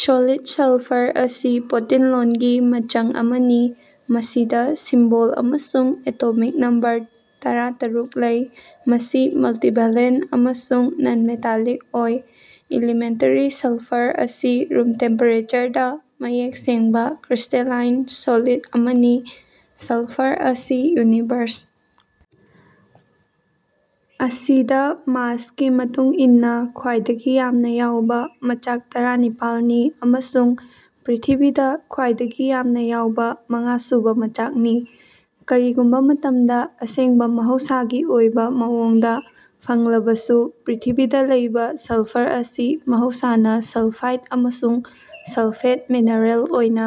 Solid sulphur ꯑꯁꯤ ꯄꯣꯠꯇꯤꯟꯂꯣꯟꯒꯤ ꯃꯆꯪ ꯑꯃꯅꯤ꯫ ꯃꯁꯤꯗ ꯁꯤꯝꯕꯣꯜ ꯑꯃꯁꯨꯡ ꯑꯦꯇꯣꯃꯤꯛ ꯅꯝꯕꯔ ꯇꯔꯥ ꯇꯔꯨꯛ ꯂꯩ꯫ ꯃꯁꯤ ꯃꯜꯇꯤꯚꯦꯂꯦꯟꯇ ꯑꯃꯁꯨꯡ ꯅꯟ ꯃꯦꯇꯥꯂꯤꯛ ꯑꯣꯏ꯫ ꯏꯂꯤꯃꯦꯟꯇꯔꯤ ꯁꯜꯐꯔ ꯑꯁꯤ ꯔꯨꯝ ꯇꯦꯝꯄꯦꯔꯦꯆꯔꯗ ꯃꯌꯦꯛ ꯁꯦꯡꯕ ꯀ꯭ꯔꯤꯁꯇꯦꯂꯥꯏꯟ ꯁꯣꯂꯤꯗ ꯑꯃꯅꯤ꯫ ꯁꯜꯐꯔ ꯑꯁꯤ ꯌꯨꯅꯤꯚꯔꯁ ꯑꯁꯤꯗ ꯃꯥꯁꯀꯤ ꯃꯇꯨꯡ ꯏꯟꯅ ꯈ꯭ꯋꯥꯏꯗꯒꯤ ꯌꯥꯝꯅ ꯌꯥꯎꯕ ꯃꯆꯥꯛ ꯇꯔꯥꯅꯤꯄꯥꯜꯅꯤ ꯑꯃꯁꯨꯡ ꯄ꯭ꯔꯤꯊꯤꯕꯤꯗ ꯈ꯭ꯋꯥꯏꯗꯒꯤ ꯌꯥꯝꯅ ꯌꯥꯎꯕ ꯃꯉꯥꯁꯨꯕ ꯃꯆꯥꯛꯅꯤ꯫ ꯀꯔꯤꯒꯨꯝꯕ ꯃꯇꯝꯗ ꯑꯁꯦꯡꯕ ꯃꯍꯧꯁꯥꯒꯤ ꯑꯣꯏꯕ ꯃꯑꯣꯡꯗꯥ ꯐꯪꯂꯕꯁꯨ ꯄ꯭ꯔꯤꯊꯤꯕꯤꯗ ꯂꯩꯕ ꯁꯜꯐꯔ ꯑꯁꯤ ꯃꯍꯧꯁꯥꯅ ꯁꯜꯐꯥꯏꯗ ꯑꯃꯁꯨꯡ ꯁꯜꯐꯦꯠ ꯃꯤꯅꯔꯦꯜ ꯑꯣꯏꯅ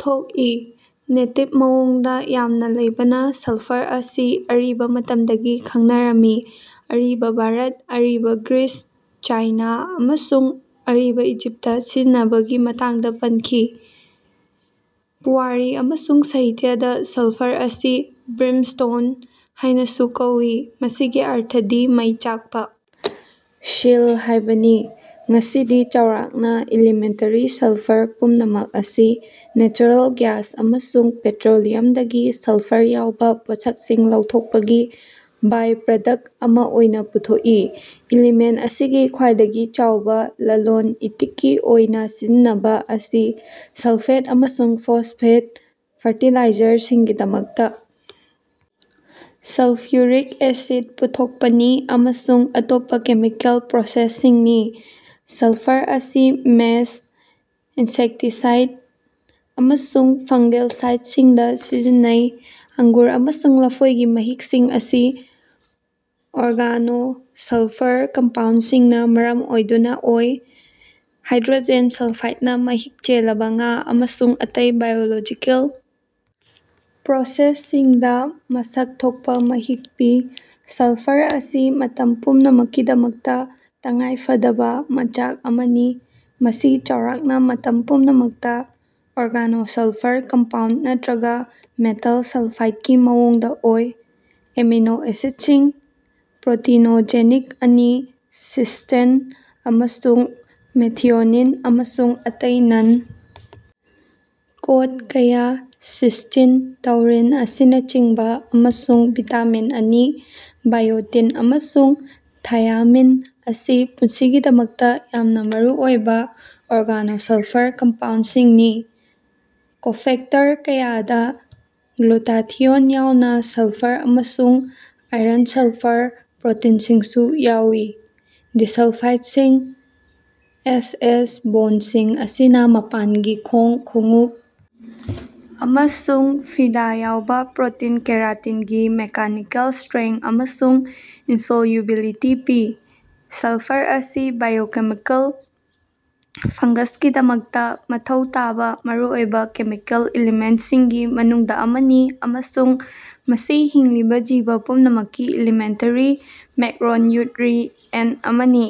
ꯊꯣꯛꯏ꯫ ꯅꯦꯇꯤꯕ ꯃꯑꯣꯡꯗ ꯌꯥꯝꯅ ꯂꯩꯕꯅ ꯁꯜꯐꯔ ꯑꯁꯤ ꯑꯔꯤꯕ ꯃꯇꯝꯗꯒꯤ ꯈꯪꯅꯔꯝꯃꯤ꯫ ꯑꯔꯤꯕ ꯚꯥꯔꯠ, ꯑꯔꯤꯕ ꯒ꯭ꯔꯤꯁ, ꯆꯥꯏꯅ ꯑꯃꯁꯨꯡ ꯑꯔꯤꯕ ꯏꯖꯤꯞꯇ ꯁꯤꯖꯤꯟꯅꯕꯒꯤ ꯃꯇꯥꯡꯗ ꯄꯟꯈꯤ꯫ ꯄꯨꯋꯥꯔꯤ ꯑꯃꯁꯨꯡ ꯁꯥꯍꯤꯇ꯭ꯌꯗ ꯁꯜꯐꯔ ꯑꯁꯤ ꯕ꯭ꯔꯤꯝꯁ꯭ꯇꯣꯟ ꯍꯥꯏꯅꯁꯨ ꯀꯧꯏ꯫ ꯃꯁꯤꯒꯤ ꯑꯔꯊꯗꯤ "ꯃꯩ ꯆꯥꯛꯄ ꯁꯤꯜ" ꯍꯥꯏꯕꯅꯤ꯫ ꯉꯁꯤꯗꯤ ꯆꯥꯎꯔꯥꯛꯅ ꯏꯂꯤꯃꯦꯟꯇꯔꯤ ꯁꯜꯐꯔ ꯄꯨꯝꯅꯃꯛ ꯑꯁꯤ ꯅꯦꯆꯔꯦꯜ ꯒ꯭ꯌꯥꯁ ꯑꯃꯁꯨꯡ ꯄꯦꯇ꯭ꯔꯣꯂꯤꯌꯝꯗꯒꯤ ꯁꯜꯐꯔ ꯌꯥꯎꯕ ꯄꯣꯠꯁꯛꯁꯤꯡ ꯂꯧꯊꯣꯛꯄꯒꯤ ꯕꯥꯏꯄ꯭ꯔꯗꯛꯠ ꯑꯃ ꯑꯣꯏꯅ ꯄꯨꯊꯣꯛꯏ꯫ ꯏꯂꯤꯃꯦꯟꯇ ꯑꯁꯤꯒꯤ ꯈ꯭ꯋꯥꯏꯗꯒꯤ ꯆꯥꯎꯕ ꯂꯂꯣꯟ ꯏꯇꯤꯛꯀꯤ ꯑꯣꯏꯅ ꯁꯤꯖꯤꯟꯅꯕ ꯑꯁꯤ ꯁꯜꯐꯦꯠ ꯑꯃꯁꯨꯡ ꯐꯣꯁꯐꯦꯠ ꯐꯔꯇꯤꯂꯥꯏꯖꯔꯁꯤꯡꯒꯤꯗꯃꯛꯇ ꯁꯜꯐ꯭ꯌꯨꯔꯤꯛ ꯑꯦꯁꯤꯗ ꯄꯨꯊꯣꯛꯄꯅꯤ ꯑꯃꯁꯨꯡ ꯑꯇꯣꯞꯄ ꯀꯦꯃꯤꯀꯦꯜ ꯄ꯭ꯔꯣꯁꯦꯁꯁꯤꯡꯅꯤ꯫ ꯁꯜꯐꯔ ꯑꯁꯤ ꯃꯦꯆ, ꯏꯟꯁꯦꯛꯇꯤꯁꯥꯏꯗ ꯑꯃꯁꯨꯡ ꯐꯪꯒꯦꯜ ꯁꯥꯏꯗꯁꯤꯡꯗ ꯁꯤꯖꯤꯟꯅꯩ꯫ ꯑꯡꯒꯨꯔ ꯑꯃꯁꯨꯡ ꯂꯐꯣꯏꯒꯤ ꯃꯍꯤꯛꯁꯤꯡ ꯑꯁꯤ ꯑꯣꯔꯒꯥꯅꯣꯁꯜꯐꯔ ꯀꯝꯄꯥꯎꯟꯗꯁꯤꯡꯅ ꯃꯔꯝ ꯑꯣꯏꯗꯨꯅ ꯑꯣꯏ꯫ ꯍꯥꯏꯗ꯭ꯔꯣꯖꯦꯟ ꯁꯜꯐꯥꯏꯗꯅ ꯃꯍꯤꯛ ꯆꯦꯜꯂꯕ ꯉꯥ ꯑꯃꯁꯨꯡ ꯑꯇꯩ ꯕꯥꯏꯑꯣꯂꯣꯖꯤꯀꯦꯜ ꯄ꯭ꯔꯣꯁꯦꯁꯁꯤꯡꯗ ꯃꯁꯛ ꯊꯣꯛꯄ ꯃꯍꯤꯛ ꯄꯤ꯫ ꯁꯜꯐꯔ ꯑꯁꯤ ꯃꯇꯝ ꯄꯨꯝꯅꯃꯛꯀꯤꯗꯃꯛꯇ ꯇꯉꯥꯏꯐꯗꯕ ꯃꯆꯥꯛ ꯑꯃꯅꯤ꯫ ꯃꯁꯤ ꯆꯥꯎꯔꯥꯛꯅ ꯃꯇꯝ ꯄꯨꯝꯅꯃꯛꯇ ꯑꯣꯔꯒꯥꯅꯣꯁꯜꯐꯔ ꯀꯝꯄꯥꯎꯟꯗ ꯅꯠꯇ꯭ꯔꯒ ꯃꯦꯇꯜ ꯁꯜꯐꯥꯏꯗꯀꯤ ꯃꯑꯣꯡꯗ ꯑꯣꯏ꯫ ꯑꯦꯃꯤꯅꯣ ꯑꯦꯁꯤꯗꯁꯤꯡ (ꯄ꯭ꯔꯣꯇꯤꯅꯣꯖꯦꯅꯤꯛ ꯑꯅꯤ: ꯁꯤꯁ꯭ꯇꯦꯟ ꯑꯃꯁꯨꯡ ꯃꯦꯊꯤꯑꯣꯅꯤꯟ, ꯑꯃꯁꯨꯡ ꯑꯇꯩ ꯅꯟ ꯀꯣꯗ ꯀꯌꯥ: ꯁꯤꯁ꯭ꯇꯤꯟ, ꯇꯧꯔꯤꯟ ꯑꯁꯤꯅꯆꯤꯡꯕ) ꯑꯃꯁꯨꯡ ꯚꯤꯇꯥꯃꯤꯟ ꯑꯅꯤ (ꯕꯥꯏꯑꯣꯇꯤꯟ ꯑꯃꯁꯨꯡ ꯊꯥꯏꯌꯥꯃꯤꯟ) ꯑꯁꯤ ꯄꯨꯟꯁꯤꯒꯤꯗꯃꯛꯇ ꯌꯥꯝꯅ ꯃꯔꯨꯑꯣꯏꯕ ꯑꯣꯔꯒꯥꯅꯣꯁꯜꯐꯔ ꯀꯝꯄꯥꯎꯟꯗꯁꯤꯡꯅꯤ꯫ ꯀꯣꯐꯦꯛꯇꯔ ꯀꯌꯥꯗ ꯒ꯭ꯂꯨꯇꯥꯊꯤꯑꯣꯟ ꯌꯥꯎꯅ ꯁꯜꯐꯔ ꯑꯃꯁꯨꯡ ꯑꯥꯏꯔꯟꯁꯜꯐꯔ ꯄ꯭ꯔꯣꯇꯤꯟꯁꯤꯡꯁꯨ ꯌꯥꯎꯏ꯫ ꯗꯤꯁꯜꯐꯥꯏꯗꯁꯤꯡ, ꯑꯦꯁꯑꯦꯁ ꯕꯣꯟꯗꯁꯤꯡ ꯑꯁꯤꯅ ꯃꯄꯥꯟꯒꯤ ꯈꯣꯡ, ꯈꯣꯡꯎꯞ ꯑꯃꯁꯨꯡ ꯐꯤꯗꯥ ꯌꯥꯎꯕ ꯄ꯭ꯔꯣꯇꯤꯟ ꯀꯦꯔꯥꯇꯤꯟꯒꯤ ꯃꯦꯀꯥꯅꯤꯀꯦꯜ ꯁꯇ꯭ꯔꯦꯡꯊ ꯑꯃꯁꯨꯡ ꯏꯟꯁꯣꯜꯌꯨꯕꯤꯂꯤꯇꯤ ꯄꯤ꯫ ꯁꯜꯐꯔ ꯑꯁꯤ ꯕꯥꯏꯑꯣꯀꯦꯃꯤꯀꯦꯜ ꯐꯪꯒꯁꯒꯤꯗꯃꯛꯇ ꯃꯊꯧ ꯇꯥꯕ ꯃꯔꯨꯑꯣꯏꯕ ꯀꯦꯃꯤꯀꯦꯜ ꯏꯂꯤꯃꯦꯟꯇꯁꯤꯡꯒꯤ ꯃꯅꯨꯡꯗ ꯑꯃꯅꯤ ꯑꯃꯁꯨꯡ ꯃꯁꯤ ꯍꯤꯡꯂꯤꯕ ꯖꯤꯕ ꯄꯨꯝꯅꯃꯛꯀꯤ ꯏꯂꯤꯃꯦꯟꯇꯔꯤ ꯃꯦꯛꯔꯣꯟꯌꯨꯠꯔꯤꯑꯦꯟꯇ ꯑꯃꯅꯤ꯫